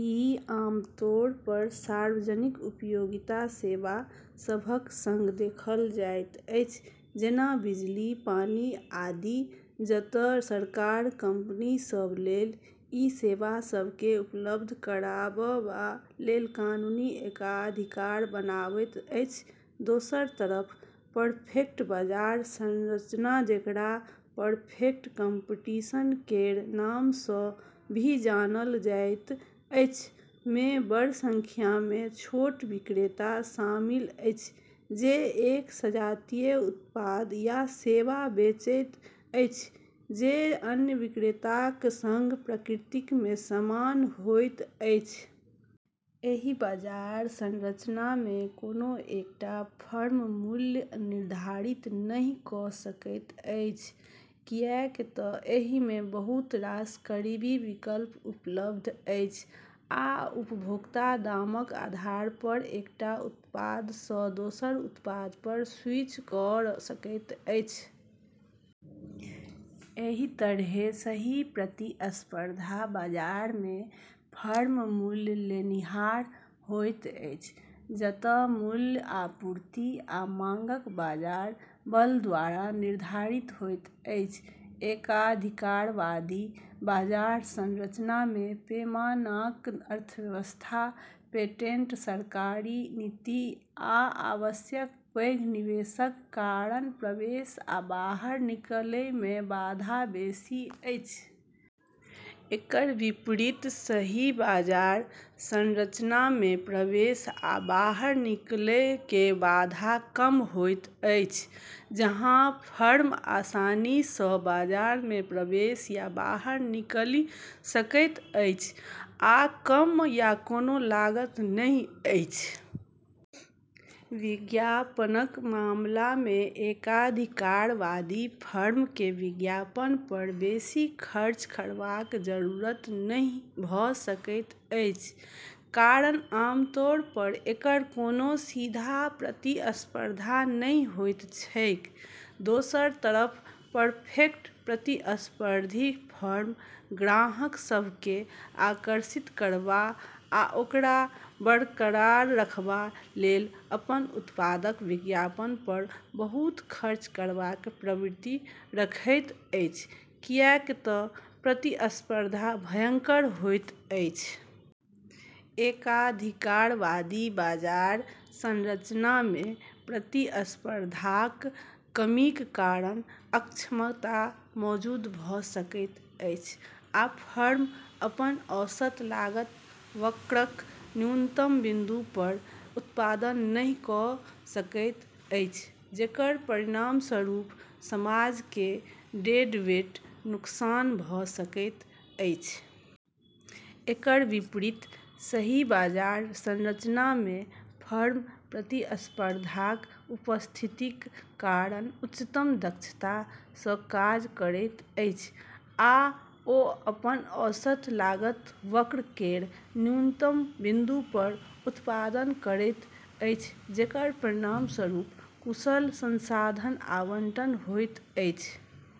ई आमतौर पर सार्वजनिक उपयोगिता सेवा सभक सँग देखल जाइत अछि, जेना बिजली, पानी आदि जतए सरकार कंपनी सभ लेल ई सेवा सभ केँ उपलब्ध कराबबा लेल कानूनी एकाधिकार बनावैत अछि। दोसर तरफ, परफेक्ट बाजार संरचना जेकरा "परफेक्ट कम्पटीशन" केर नाम सँ भी जानल जाइत अछि, मे बड़ संख्या मे छोट विक्रेता शामिल अछि जे एक सजातीय उत्पाद या सेवा बेचैत अछि जे अन्य विक्रेताक सँग प्रकृति मे समान होइत अछि। एहि बाजार संरचना मे कोनो एकटा फर्म मूल्य निर्धारित नहि कऽ सकैत अछि, किएक तँ एहि मे बहुत रास करीबी विकल्प उपलब्ध अछि, आ उपभोक्ता दामक आधार पर एकटा उत्पाद सँ दोसर उत्पाद पर स्विच कऽ सकैत अछि। एहि तरहें, सही प्रतिस्पर्धा बाजार मे फर्म "मूल्य लेनिहार" होइत अछि, जतए मूल्य आपूर्ति आ मांगक बाजार बल द्वारा निर्धारित होइत अछि। एकाधिकारवादी बाजार संरचना मे, पैमानाक अर्थव्यवस्था, पेटेंट, सरकारी नीति, आ आवश्यक पैघ निवेशक कारण प्रवेश आ बाहर निकलै मे बाधा बेसि अछि। एकर विपरीत, सही बाजार संरचना मे प्रवेश आ बाहर निकलै के बाधा कम होइत अछि, जहाँ फर्म आसानी सँ बाजार मे प्रवेश या बाहर निकली सकैत अछि आ कम या कोनो लागत नहि अछि। विज्ञापनक मामला मे एकाधिकारवादी फर्म केँ विज्ञापन पर बेसी खर्च करबाक जरूरत नहि भऽ सकैत अछि, कारण आमतौर पर एकर कोनो सीधा प्रतिस्पर्धा नहि होइत छैक। दोसर तरफ परफेक्ट प्रतिस्पर्धी फर्म ग्राहक सभ केँ आकर्षित करबा आ ओकरा बरकरार रखबा लेल अपन उत्पादक विज्ञापन पर बहुत खर्च करबाक प्रवृत्ति रखैत अछि, किएक तँ प्रतिस्पर्धा भयंकर होइत अछि। एकाधिकारवादी बाजार संरचना मे प्रतिस्पर्धाक कमीक कारण अक्षमता मौजूद भऽ सकैत अछि आ फर्म अपन औसत लागत वक्रक न्यूनतम बिंदु पर उत्पादन नहि कऽ सकैत अछि, जेकर परिणामस्वरूप समाज केँ डेडवेट नुकसान भऽ सकैत अछि। एकर विपरीत, सही बाजार संरचना मे फर्म प्रतिस्पर्धाक उपस्थितिक कारण उच्चतम दक्षता सँ काज करैत अछि, आ ओ अपन औसत लागत वक्र केर न्यूनतम बिंदु पर उत्पादन करैत अछि, जेकर परिणामस्वरूप कुशल संसाधन आवंटन होइत अछि।